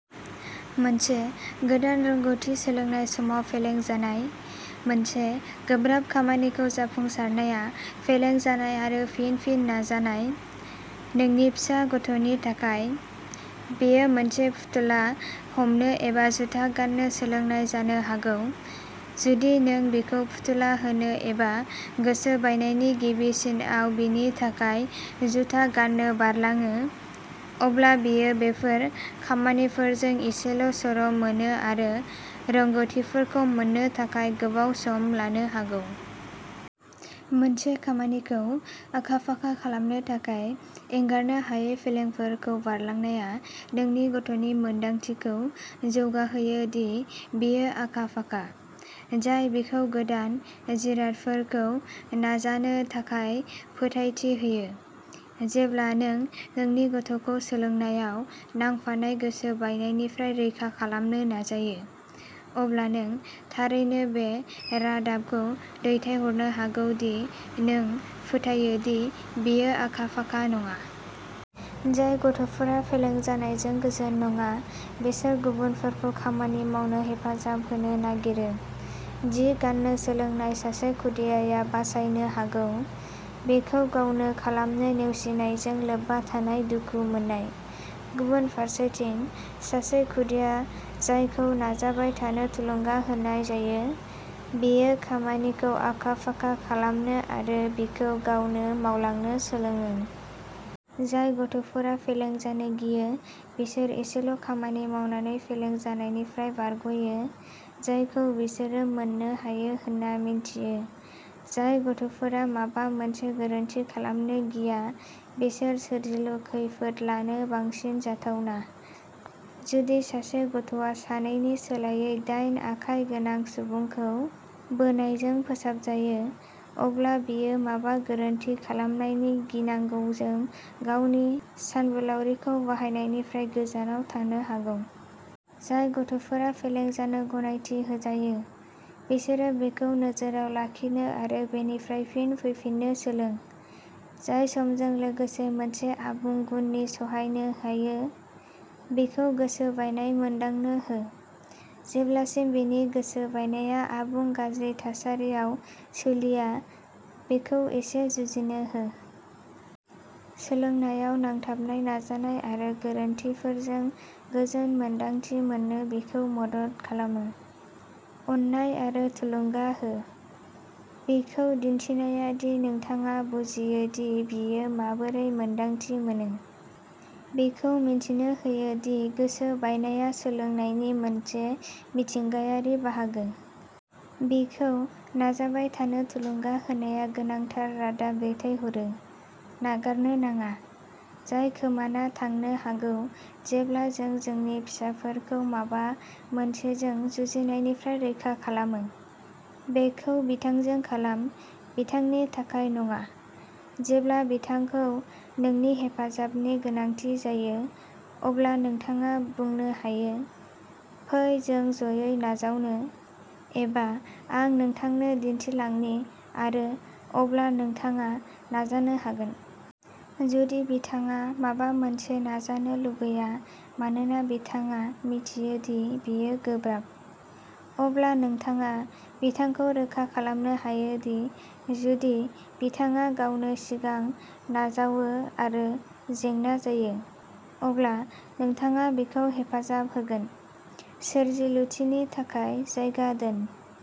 मोनसे गोदान रोंग'थि सोलोंनाय समाव फेलें जानाय। मोनसे गोब्राब खामानिखौ जाफुंसारहोनाया फेलें जानाय आरो फिन-फिन नाजानाय। नोंनि फिसा गथ'नि थाखाय, बेयो मोनसे फुथुला हमनो एबा जुथा गान्नो सोलोंनाय जानो हागौ। जुदि नों बिखौ फुथुला होनो एबा गोसो बायनायनि गिबि सिनआव बिनि थाखाय जुता गान्नो बारलाङो, अब्ला बियो बेफोर खामानिफोरजों एसेल'सर'मोनो आरो रोंग'थिफोरखौ मोन्नो थाखाय गोबाव सम लानो हागौ। मोनसे खामानिखौ आखा-फाखा खालामनो थाखाय एंगारनो हायै फेलेंफोरखौ बारलांनाया नोंनि गथ'नि मोनदांथिखौ जौगाहोयो दि बियो आखा-फाखा, जाय बिखौ गोदान जिरादफोरखौ नाजानो थाखाय फोथायथि होयो। जेब्ला नों नोंनि गथ'खौ सोलोंनायाव नांफानाय गोसो बायनायनिफ्राय रैखा खालामनो नाजायो, अब्ला नों थारैनो बे रादाबखौ दैथायहरनो हागौ दि नों फोथायो दि बियो आखा-फाखा नङा। जाय गथ'फोरा फेलें जानायजों गोजोन नङा, बिसोर गुबुनफोरखौ खामानि मावनो हेफाजाब होनो नागिरो। जि गान्नो सोलोंनाय सासे खुदियाया बासायनो हागौ। बेखौ गावनो खालामनो नेवसिनायजों लोब्बा थानाय दुखु मोननाय। गुबुन फारसेथिं, सासे खुदिया जायखौ नाजाबाय थानो थुलुंगा होनाय जायो, बियो खामानिखौ आखा-फाखा खालामनो आरो बिखौ गावनो मावलांनो सोलोङो। जाय गथ'फोरा फेलें जानो गियो, बिसोर एसेल'खामानि मावनानै फेलें जानायनिफ्राय बारग'यो, जायखौ बिसोरो मोननो हायो होन्ना मिन्थियो। जाय गथ'फोरा माबा मोनसे "गोरोन्थि" खालामनो गिया, बेसोर सोरजिलु खैफोद लानो बांसिन जाथावना। जुदि सासे गथ'आ सानैनि सोलायै दाइन आखाइ गोनां सुबुंखौ बोनायजों फोसाबजायो, अब्ला बियो माबा गोरोन्थि खालामनायनि गिनांगौजों गावनि सानबोलावरिखौ बाहायनायनिफ्राय गोजानाव थानो हागौ। जाय गथ'फोरा फेलें जानो गनायथि होजायो, बिसोरो बेखौ नोजोरआव लाखिनो आरो बेनिफ्राय फिन फैफिननो सोलों, जाय समजों लोगोसे मोनसे आबुं गुननि सहायनो हायो। बिखौ गोसो बायनाय मोनदांनो हो। जेब्लासिम बिनि गोसो बायनाया आबुं गाज्रि थासारियाव सोलिया, बिखौ एसे जुजिनो हो। सोलोंनायाव नांथाबनाय नाजानाय आरो गोरोन्थिफोरजों गोजोन मोन्दांथि मोननो बिखौ मदद खालामो। अननाय आरो थुलुंगा हो। बिखौ दिन्थिनाया दि नोंथाङा बुजियो दि बियो माबोरै मोन्दांथि मोनो, बिखौ मिथिनो होयो दि गोसो बायनाया सोलोंनायनि मोनसे मिथिंगायारि बाहागो। बिखौ नाजाबाय थानो थुलुंगा होनाया गोनांथार रादाब दैथायहरो, नागारनो नाङा, जाय खोमाना थांनो हागौ जेब्ला जों जोंनि फिसाफोरखौ माबा मोनसेजों जुजिनायनिफ्राय रैखा खालामो। बेखौ बिथांजों खालाम, बिथांनि थाखाय नङा। जेब्ला बिथांखौ नोंनि हेफाजाबनि गोनांथि जायो, अब्ला नोंथाङा बुंनो हायो "फै जों जयै नाजावनो" एबा "आं नोंथांनो दिन्थिलांनि आरो अब्ला नोंथाङा नाजानो हागोन"। जुदि बिथाङा माबा मोनसे नाजानो लुबैया मानोना बिथाङा मिथियो दि बियो गोब्राब, अब्ला नोंथाङा बिथांखौ रोखा खालामनो हायो दि जुदि बिथाङा गावनो सिगां नाजावो आरो जेंना जायो, अब्ला नोंथाङा बिखौ हेफाजाब होगोन। सोरजिलुथिनि थाखाय जायगा दोन।